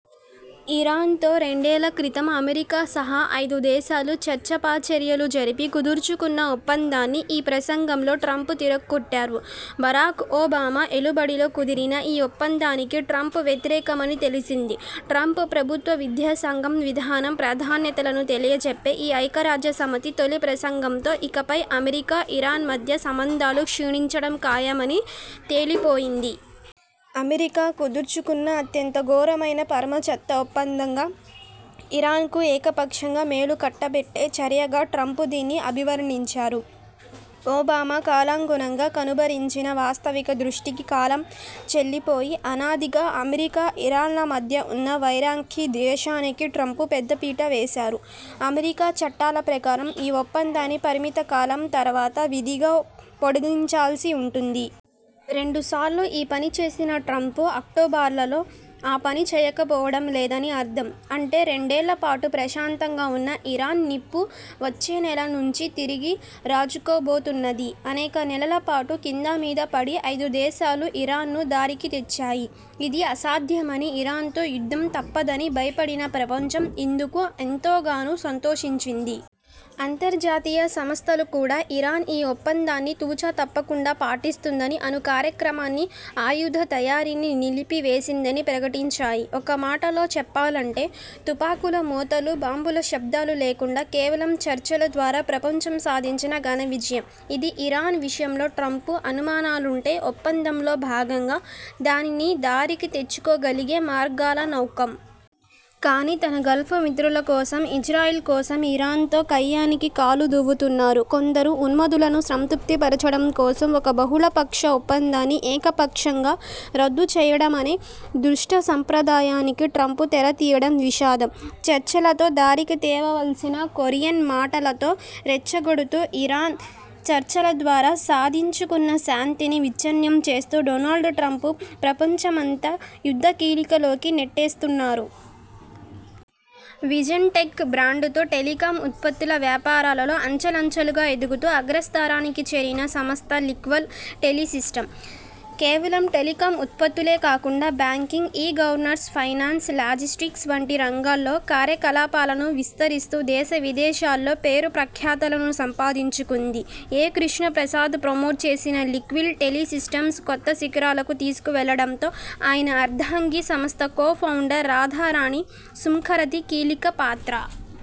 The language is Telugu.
ఇరాన్తో రెండేళ్ళక్రితం అమెరికా సహా ఐదుదేశాలు చర్చాపచర్చలు జరిపి కుదుర్చుకున్న ఒప్పందాన్ని ఈ ప్రసంగంలో ట్రంప్ తిరగ్గొట్టారు. బరాక్ ఒబామా ఏలుబడిలో కుదిరిన ఈ ఒప్పందానికి ట్రంప్ వ్యతిరేకమని తెలిసిందే. ట్రంప్ ప్రభుత్వ విదేశాంగ విధానం ప్రాధాన్యతలను తెలియచెప్పే ఈ ఐక్యరాజ్యసమితి తొలి ప్రసంగంతో ఇకపై అమెరికా–ఇరాన్ మధ్య సంబంధాలు క్షీణించడం ఖాయమని తేలిపోయింది. అమెరికా కుదుర్చుకున్న అత్యంత ఘోరమైన, పరమచెత్త ఒప్పందంగా, ఇరాన్కు ఏకపక్షంగా మేలుకట్టబెట్టే చర్యగా ట్రంప్ దీనిని అభివర్ణించారు. ఒబామా కాలానుగుణంగా కనబరచిన వాస్తవిక దృష్టికి కాలం చెల్లిపోయి, అనాదిగా అమెరికా–ఇరాన్ల మధ్య ఉన్న వైరానికీ, ద్వేషానికీ ట్రంప్ పెద్దపీట వేసారు. అమెరికా చట్టాల ప్రకారం ఈ ఒప్పందాన్ని పరిమితకాలం తరువాత విధిగా పొడిగించాల్సి ఉంటుంది. రెండుసార్లు ఈ పనిచేసిన ట్రంప్ అక్టోబర్లో ఆ పనిచేయబోవడం లేదని అర్థం. అంటే రెండేళ్ళపాటు ప్రశాంతంగా ఉన్న ఇరాన్ నిప్పు వచ్చేనెల నుంచి తిరిగి రాజుకోబోతున్నది. అనేక నెలలపాటు కిందామీదాపడి ఐదుదేశాలు ఇరాన్ను దారికి తెచ్చాయి. ఇది అసాధ్యమనీ, ఇరాన్తో యుద్ధం తప్పదనీ భయపడిన ప్రపంచం ఇందుకు ఎంతగానో సంతోషించింది. అంతర్జాతీయ సంస్థలు కూడా ఇరాన్ ఈ ఒప్పందాన్ని తుచ తప్పకుండా పాటిస్తున్నదనీ, అణుకార్యక్రమాన్నీ, ఆయుధ తయారీని నిలిపివేసిందని ప్రకటించాయి. ఒక్కమాటలో చెప్పాలంటే తుపాకుల మోతలూ, బాంబుల శబ్దాలు లేకుండా కేవలం చర్చల ద్వారా ప్రపంచం సాధించిన ఘనవిజయం ఇది. ఇరాన్ విషయంలో ట్రంప్కు అనుమానాలుంటే ఒప్పందంలో భాగంగా దానిని దారికి తెచ్చుకోగలిగే మార్గాలనేకం. కానీ, తన గల్ఫ్మిత్రుల కోసం, ఇజ్రాయెల్ కోసం ఇరాన్తో కయ్యానికి కాలుదువ్వుతున్నారు. కొందరు ఉన్మాదులను సంతృప్తిపరచడం కోసం ఒక బహుళపక్ష ఒప్పందాన్ని ఏకపక్షంగా రద్దుచేయడమనే దుష్ట సంప్రదాయానికి ట్రంప్ తెరతీయడం విషాదం. చర్చలతో దారికి తేవాల్సిన కొరియాను మాటలతో రెచ్చగొడుతూ, ఇరాన్తో చర్చల ద్వారా సాధించుకున్న శాంతిని విచ్ఛిన్నం చేస్తూ డొనాల్డ్ ట్రంప్ ప్రపంచాన్నంతా యుద్ధకీలల్లోకి నెట్టేస్తున్నారు. విజన్టెక్ బ్రాండ్తో టెలికాం ఉత్పత్తుల వ్యాపారంలో అంచెలంచెలుగా ఎదుగుతూ అగ్రస్థానానికి చేరిన సంస్థ లింక్వెల్ టెలిసిస్టమ్. కేవలం టెలికాం ఉత్పత్తులే కాకుండా బ్యాంకింగ్, ఇ-గవర్నెన్స్, ఫైనాన్స్, లాజిస్టిక్స్ వంటి రంగాలకు కార్యకలాపాలను విస్తరిస్తూ దేశ విదేశాల్లో పేరు ప్రఖ్యాతులను సంపాదించుకుంది. ఎ కృష్ణప్రసాద్ ప్రమోట్ చేసిన లింక్వెల్ టెలిసిస్టమ్స్ను కొత్త శిఖరాలకు తీసుకువెళ్లడంతో ఆయన అర్ధాంగి, సంస్థ కో ఫౌండర్ రాధారాణి సుంకరది కీలక పాత్ర.